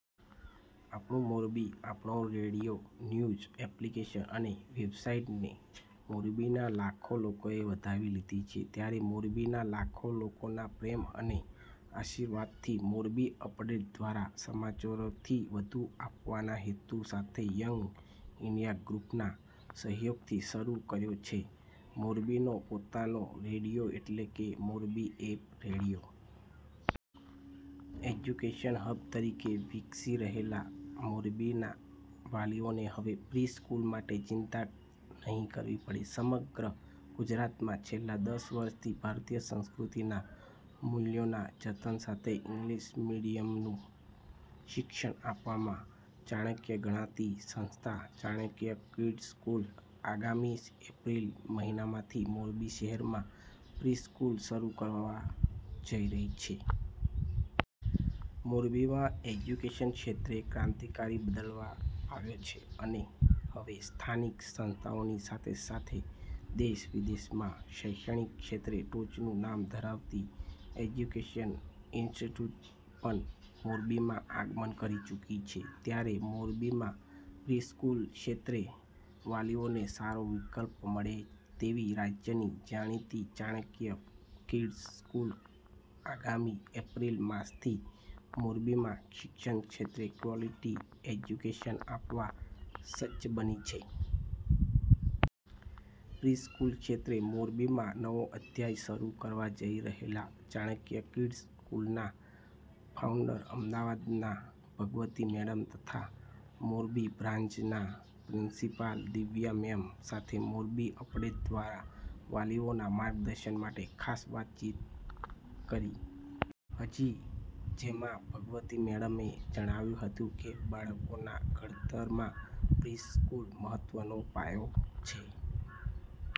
આપણું મોરબી.. આપણો radio.. news application અને વેબસાઈટને મોરબીના લાખો લોકોએ વધાવી લીધી છે. ત્યારે મોરબીના લાખો લોકોના પ્રેમ અને આશીર્વાદથી મોરબી અપડેટ દ્વારા સમાચારોથી વધુ આપવાના હેતુ સાથે યંગ ઇન્ડિયા ગ્રુપના સહયોગથી શરૂ કર્યો છે મોરબીનો પોતાનો રેડીઓ એટલે કે Morbi app radio.. education hub તરીકે વિકસી રહેલા મોરબીના વાલીઓને હવે પ્રિ સ્કૂલ માટે ચિંતા નહિ કરવી પડે, સમગ્ર ગુજરાતમાં છેલ્લા દસ વર્ષથી ભારતીય સંસ્કૃતિના મૂલ્યોના જતન સાથે ઈંગ્લીશ મીડીયમનું શિક્ષણ આપવામાં ચાણક્ય ગણાતી સંસ્થા "ચાણક્ય કિડ્સ સ્કૂલ" આગામી એપ્રિલ મહિનાથી મોરબી શહેરમાં પ્રિ સ્ફુલ શરૂ કરવા જઈ રહી છે. મોરબીમાં એજ્યુકેશન ક્ષેત્રે ક્રાંતિકારી બદલાવ આવ્યો છે અને હવે સ્થાનિક સંસ્થાઓની સાથેસાથે દેશવિદેશમાં શૈક્ષણિક ક્ષેત્રે ટોચનું નામ ધરાવતી એજ્યુકેશન ઇન્સ્ટિટ્યૂટ પણ મોરબીમાં આગમન કરી ચુકી છે ત્યારે મોરબીમાં પ્રિ સ્કૂલ ક્ષેત્રે વાલીઓને સારો વિકલ્પ મળે તેવી રાજ્યની જાણીતી ચાણક્ય કિડ્સ સ્કૂલ આગામી એપ્રિલ માસથી મોરબીમાં શિક્ષણક્ષેત્રે ક્વોલિટી એજ્યુકેશન આપવા સજ્જ બની છે. પ્રિ સ્કૂલ ક્ષેત્રે મોરબીમાં નવો અધ્યાય શરૂ કરવા જઈ રહેલા ચાણક્ય કિડ્સ સ્કૂલના ફાઉન્ડર અમદાવાદના ભગવતી મેડમ તથા મોરબી બ્રાન્ચના પ્રિન્સિપાલ દિવ્યા મેમ સાથે મોરબી અપડેટ દ્વારા વાલીઓના માર્ગદર્શન માટે ખાસ વાતચીત કરી હતી જેમાં ભગવતી મેડમે જણાવ્યું હતું કે બાળકના ઘડતરમાં પ્રિ સ્કૂલ મહત્વનો પાયો છે,